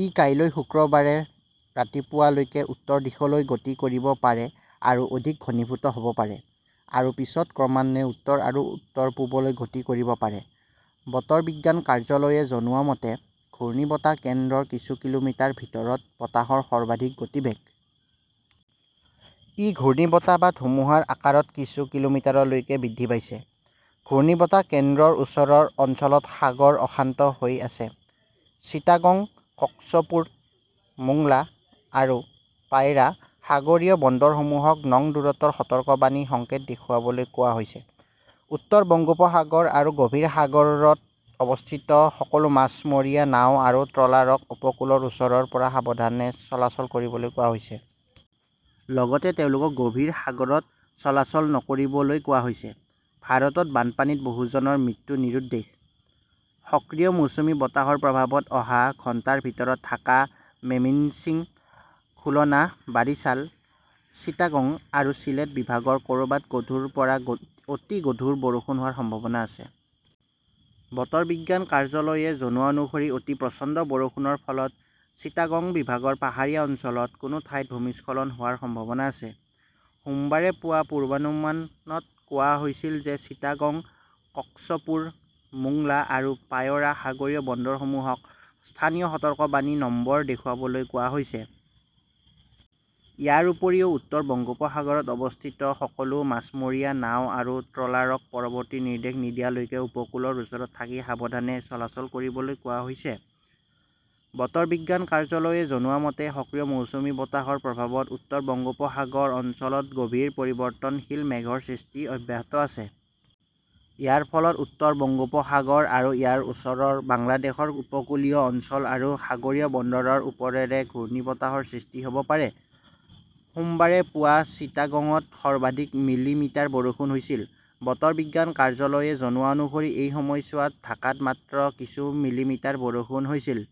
ই কাইলৈ শুক্ৰবাৰে ৰাতিপুৱা লৈকে উত্তৰ দিশলৈ গতি কৰিব পাৰে আৰু অধিক ঘনীভূত হ'ব পাৰে আৰু পিছত ক্ৰমান্বয়ে উত্তৰ আৰু উত্তৰ-পূবলৈ গতি কৰিব পাৰে। বতৰ বিজ্ঞান কাৰ্যালয়ে জনোৱা মতে, ঘূৰ্ণীবতাহ কেন্দ্ৰৰ কিছু কিলোমিটাৰৰ ভিতৰত বতাহৰ সৰ্বাধিক গতিবেগ। ই ঘূৰ্ণীবতাহ বা ধুমুহাৰ আকাৰত কিছু কিলোমিটাৰলৈকে বৃদ্ধি পাইছে। ঘূৰ্ণীবতাহ কেন্দ্ৰৰ ওচৰৰ অঞ্চলত সাগৰ অশান্ত হৈ আছে। চিটাগং, কক্সপুৰ, মোংলা আৰু পায়ৰা সাগৰীয় বন্দৰসমূহক নং দূৰত্বৰ সতৰ্কবাণী সংকেত দেখুৱাবলৈ কোৱা হৈছে। উত্তৰ বংগোপসাগৰ আৰু গভীৰ সাগৰত অৱস্থিত সকলো মাছমৰীয়া নাও আৰু ট্ৰলাৰক উপকূলৰ ওচৰৰ পৰা সাৱধানে চলাচল কৰিবলৈ কোৱা হৈছে। লগতে তেওঁলোকক গভীৰ সাগৰত চলাচল নকৰিবলৈ কোৱা হৈছে। ভাৰতত বানপানীত বহুজনৰ মৃত্যুনিৰুদ্দেশ। সক্ৰিয় মৌচুমী বতাহৰ প্ৰভাৱত অহা ঘণ্টাৰ ভিতৰত ঢাকা, মেমিন্সিং, খুলনা, বাৰিছাল, চিটাগং আৰু চিলেট বিভাগৰ ক'ৰবাত গধুৰ পৰা অতি গধুৰ বৰষুণ হোৱাৰ সম্ভাৱনা আছে। বতৰ বিজ্ঞান কাৰ্যালয়ে জনোৱা অনুসৰি অতি প্ৰচণ্ড বৰষুণৰ ফলত চিটাগং বিভাগৰ পাহাৰীয়া অঞ্চলত কোনো ঠাইত ভূমিস্খলন হোৱাৰ সম্ভাৱনা আছে। সোমবাৰে পুৱা পূৰ্বানুমানত কোৱা হৈছিল যে চিটাগং, কক্সপুৰ, মোংলা আৰু পায়ৰা সাগৰীয় বন্দৰসমূহক স্থানীয় সতৰ্কবাণী নম্বৰ দেখুৱাবলৈ কোৱা হৈছে। ইয়াৰ উপৰিও উত্তৰ বংগোপসাগৰত অৱস্থিত সকলো মাছমৰীয়া নাও আৰু ট্ৰলাৰক পৰৱৰ্তী নিৰ্দেশ নিদিয়ালৈকে উপকূলৰ ওচৰত থাকি সাৱধানে চলাচল কৰিবলৈ কোৱা হৈছে। বতৰ বিজ্ঞান কাৰ্যালয়ে জনোৱা মতে, সক্ৰিয় মৌচুমী বতাহৰ প্ৰভাৱত উত্তৰ বংগোপসাগৰ অঞ্চলত গভীৰ পৰিৱৰ্তনশীল মেঘৰ সৃষ্টি অব্যাহত আছে। ইয়াৰ ফলত উত্তৰ বংগোপসাগৰ আৰু ইয়াৰ ওচৰৰ বাংলাদেশৰ উপকূলীয় অঞ্চল আৰু সাগৰীয় বন্দৰৰ ওপৰেৰে ঘূৰ্ণীবতাহৰ সৃষ্টি হ'ব পাৰে। সোমবাৰে পুৱা চিটাগঙত সৰ্বাধিক মিলিমিটাৰ বৰষুণ হৈছিল। বতৰ বিজ্ঞান কাৰ্যালয়ে জনোৱা অনুসৰি এই সময়ছোৱাত ঢাকাত মাত্ৰ কিছু মিলিমিটাৰ বৰষুণ হৈছিল।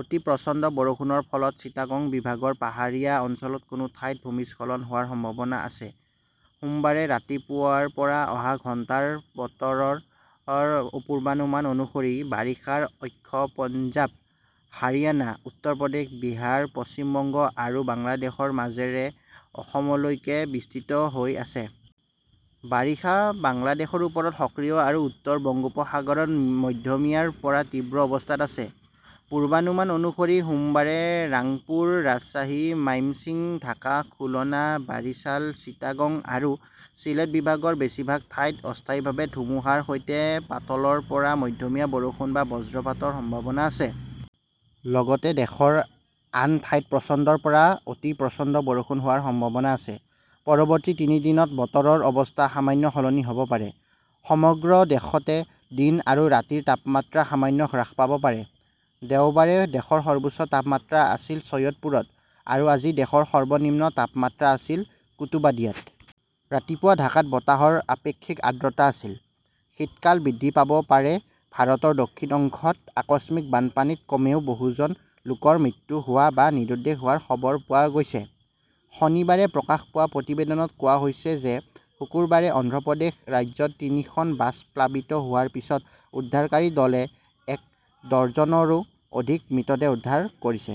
অতি প্ৰচণ্ড বৰষুণৰ ফলত চিটাগং বিভাগৰ পাহাৰীয়া অঞ্চলত কোনো ঠাইত ভূমিস্খলন হোৱাৰ সম্ভাৱনা আছে। সোমবাৰে ৰাতিপুৱাৰ পৰা অহা ঘণ্টাৰ বতৰৰ পূৰ্বানুমান অনুসৰি, বাৰিষাৰ অক্ষ পঞ্জাৱ, হাৰিয়ানা, উত্তৰ প্ৰদেশ, বিহাৰ, পশ্চিমবংগ আৰু বাংলাদেশৰ মাজেৰে অসমলৈকে বিস্তৃত হৈ আছে। বাৰিষা বাংলাদেশৰ ওপৰত সক্ৰিয় আৰু উত্তৰ বংগোপসাগৰত মধ্যমীয়াৰ পৰা তীব্ৰ অৱস্থাত আছে। পূৰ্বানুমান অনুসৰি সোমবাৰে ৰাংপুৰ, ৰাজশ্বাহী, মাইমশ্বিং, ঢাকা, খুলনা, বাৰিছাল, চিটাগং আৰু চিলেট বিভাগৰ বেছিভাগ ঠাইত অস্থায়ীভাৱে ধুমুহাৰ সৈতে পাতলৰ পৰা মধ্যমীয়া বৰষুণ বা বজ্ৰপাতৰ সম্ভাৱনা আছে। লগতে দেশৰ আন ঠাইত প্ৰচণ্ডৰ পৰা অতি প্ৰচণ্ড বৰষুণ হোৱাৰ সম্ভাৱনা আছে। পৰৱৰ্তী তিনি দিনত বতৰৰ অৱস্থা সামান্য সলনি হ'ব পাৰে। সমগ্ৰ দেশতে দিন আৰু ৰাতিৰ তাপমাত্ৰা সামান্য হ্ৰাস পাব পাৰে। দেওবাৰে দেশৰ সৰ্বোচ্চ তাপমাত্ৰা আছিল চৈয়দপুৰত আৰু আজি দেশৰ সৰ্বনিম্ন তাপমাত্ৰা আছিল কুতুবাদিয়াত। ৰাতিপুৱা ঢাকাত বতাহৰ আপেক্ষিক আৰ্দ্ৰতা আছিল। শীতকাল বৃদ্ধি পাব পাৰে ভাৰতৰ দক্ষিণ অংশত আকস্মিক বানপানীত কমেও বহুজন লোকৰ মৃত্যু হোৱা বা নিৰুদ্দেশ হোৱাৰ খবৰ পোৱা গৈছে। শনিবাৰে প্ৰকাশ পোৱা প্ৰতিবেদনত কোৱা হৈছে যে শুকুৰবাৰে অন্ধ্ৰ প্ৰদেশ ৰাজ্যত তিনিখন বাছ প্লাবিত হোৱাৰ পিছত উদ্ধাৰকাৰী দলে এক ডজনৰো অধিক মৃতদেহ উদ্ধাৰ কৰিছে।